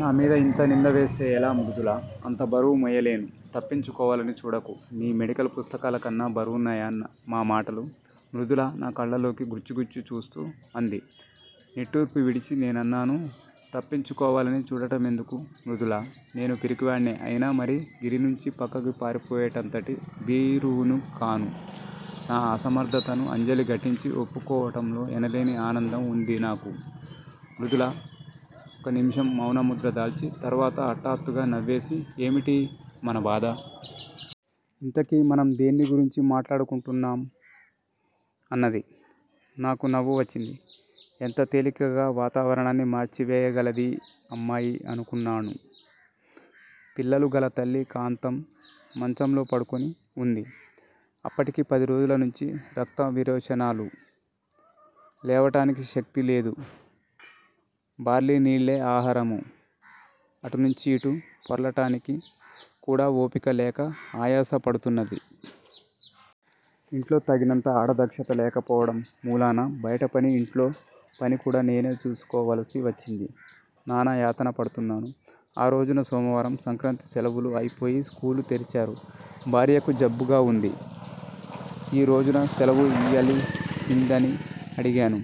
నామీద యింత నిందవేస్తే ఎలా మృదులా! అంతబరువు మొయ్యలేను! తప్పించుకోవాలని చూడకు. నీ మెడికల్ పుస్తకాలకన్నా బరువున్నాయా నా మా మాటలు? మృదులా నా కళ్ళల్లోకి గ్రుచ్చి గుచ్చి చూస్తూ అంది. నిట్టూర్పు విడిచి నేనన్నాను తప్పించుకోవాలని చూడటమెందుకు మృదులా? నేను పిరికివాణ్ణే అయినా మరీ గిరినుంచి ప్రక్కకి పారిపోయేటంతటి భీరువునుకాను నా అసమర్ధతను అంజలి ఘటించి ఒప్పుకోవటంలో ఎనలేని ఆనందం వుంది నాకు మృదుల ఒక నిమిషం మౌనముద్రదాల్చి, తర్వాత హఠాత్తుగా నవ్వేసి ఏమిటి మన బాధ? ఇంతకీ మనం దేన్నిగురించి మాట్లాడుకుంటున్నాం? అన్నది. నాకూ నవ్వు వచ్చింది. ఎంత తేలికగా వాతావరణాన్ని మార్చి వేయగలదీ అమ్మాయి అనుకున్నాను. పిల్లలు గల తల్లి కాంతం మంచంలో పడుకొని వుంది. అప్పటికి పదిరోజుల నుంచీ రక్త విరోచనాలు. లేవటానికి శక్తి లేదు. బార్లినీళ్ళే ఆహారము. అటునుంచి యిటు పొర్లటానికి కూడా ఓపిక లేక ఆయాస పడుతున్నది. ఇంట్లో తగినంత ఆడదక్షత లేకపోవడం మూలన బయటపని ఇంట్లో పనికూడా నేనే చూచుకో వలసి వచ్చింది. నానాయాతన పడుతున్నాను. ఆ రోజున సోమవారం సంక్రాంతి సెలవులు అయిపోయి స్కూలు తెరిచారు. భార్యకు జబ్బుగా వుంది. ఈ రోజున సెలవు ఇయ్యాలిసిందని అడిగాను.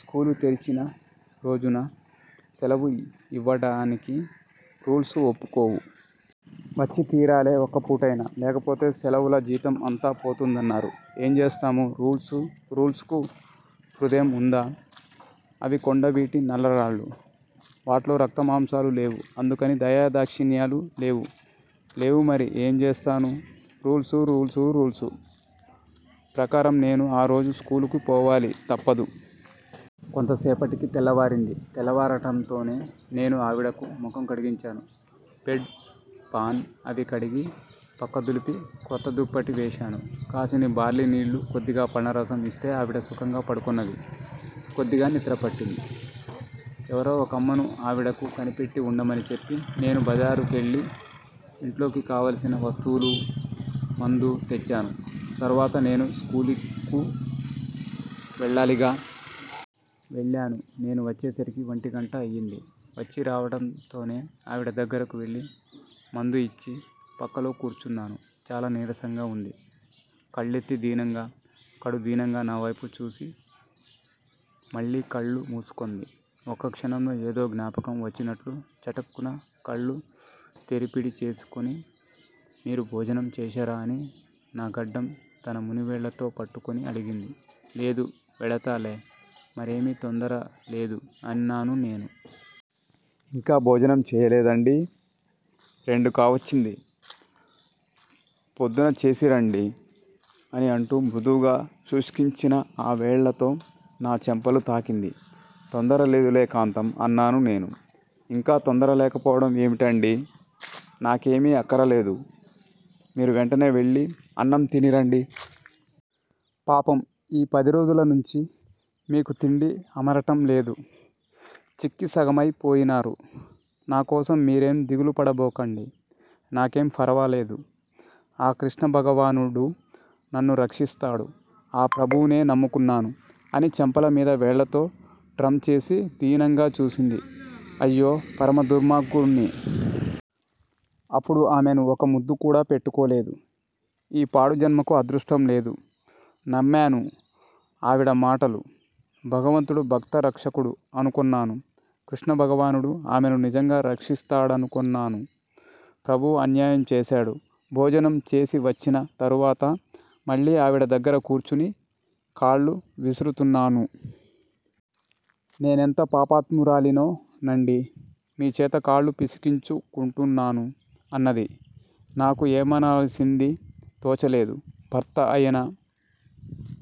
స్కూలు తెరిచిన రోజున సెలవు యివ్వడానికి రూల్సు ఒప్పుకోవు. వచ్చి తీరాలె ఒక్క పూటైనా, లేకపోతే సెలవుల జీతం అంతా పోతుందన్నారు. ఏం జేస్తాము. రూల్సు! రూల్సుకు హృదయం ఉందా? అవి కొండవీటి నల్ల రాళ్ళు. వాట్లో రక్తమాంసాలు లేవు, అందుకని దయాదాక్షిణ్యాలు లేవు. లేవు మరి ఏం జేస్తానూ! రూల్సు! రూల్సు! రూల్సు ప్రకారం నేను ఆ రోజు స్కూలుకు పోవాలి, తప్పదు. కొంతసేపటికి తెల్లవారింది. తెల్లవారటంతోనే నేనూ ఆవిడకు మొఖం కడిగించాను, బెడ్ పాన్ అది కడిగి, పక్క దులిపి_క్రొత్త దుప్పటి వేశాను. కాసిని బార్లీ నీళ్ళు కొద్దిగా పండ్లరసం యిస్తే ఆవిడ సుఖంగా పడుకొన్నది. కొద్దిగా నిద్ర పట్టింది. ఎవరో ఒకమ్మను, ఆవిడకు కనిపెట్టివుండమని చెప్పి, నేను బజారు కెళ్ళి ఇంట్లోకి కావలసిన వస్తువులూ; మందూ తెచ్చాను తరువాత నేను స్కూలుకు వెళ్ళాలిగా! వెళ్ళాను. నేను వచ్చేసరికి ఒంటిగంట అయ్యింది. వచ్చీ రావటంతోనే ఆవిడ దగ్గరకు వెళ్ళి మందుయిచ్చి ప్రక్కలో కూర్చున్నాను. చాలా నీరసంగా ఉంది, కళ్ళెత్తి దీనంగా_కడు దీనంగా నా వైపు చూచి మళ్ళీ కళ్ళు మూసుకొంది. ఒక్క క్షణంలో ఏదో జ్ఞాపకం వచ్చినట్లు చటుక్కున కళ్ళు తెరిపిడి చేసుకొని, మీరు భోజనం చేశారా అని నా గడ్డం తన మునివేళ్ళతో పట్టుకొని అడిగింది, లేదు, వెళతాలే, మరేమీ తొందరలేదు అన్నాను నేను. ఇంకా భోజనం చెయ్యలేదండీ? రెండు కావచ్చింది. పొద్దున చేసిరండీ అని అంటూ మృదువుగా శుష్కించిన ఆ వేళ్ళతో నా చెంపలు తాకింది, తొందర లేదులే కాంతం అన్నాను నేను. ఇంకా తొందర లేకపోవడం ఏమిటండీ? నాకేమీ అక్కరలేదు. మీరు వెంటనే వెళ్ళి అన్నం తిని రండి. పాపం, ఈ పదిరోజుల నుంచీ మీకు తిండి అమరటం లేదు. చిక్కి సగమయి పోయినారు, నాకోసం మీరేం దిగులుపడబోకండి. నాకేం ఫరవాలేదు. ఆ కృష్ణభగవానుడు నన్ను రక్షిస్తాడు. ఆ ప్రభువునే నమ్ముకున్నాను. అని చెంపల మీద వేళ్ళతో డ్రం చేసి దీనంగా చూసింది. అయ్యో పరమదుర్మార్గుణ్ణి. అపుడు ఆమెను ఒక ముద్దుకూడా పెట్టుకోలేదు. ఈ పాడుజన్మకు అదృష్టం లేదు. నమ్మాను ఆవిడ మాటలు. భగవంతుడు భక్త రక్షకుడు అనుకొన్నాను. కృష్ణ భగవానుడు ఆమెను నిజంగా రక్షిస్తాడనుకొన్నాను. ప్రభువు అన్యాయం చేశాడు. భోజనం చేసివచ్చిన తరువాత మళ్ళీ ఆవిడ దగ్గర కూర్చుని కాళ్ళు విసురుతున్నాను. నేనెంత పాపాత్మురాలినో నండి. మీచేత కాళ్ళు పిసికించుకుంటున్నాను అన్నది, నాకు ఏమనాలిసింది తోచలేదు, భర్త అయన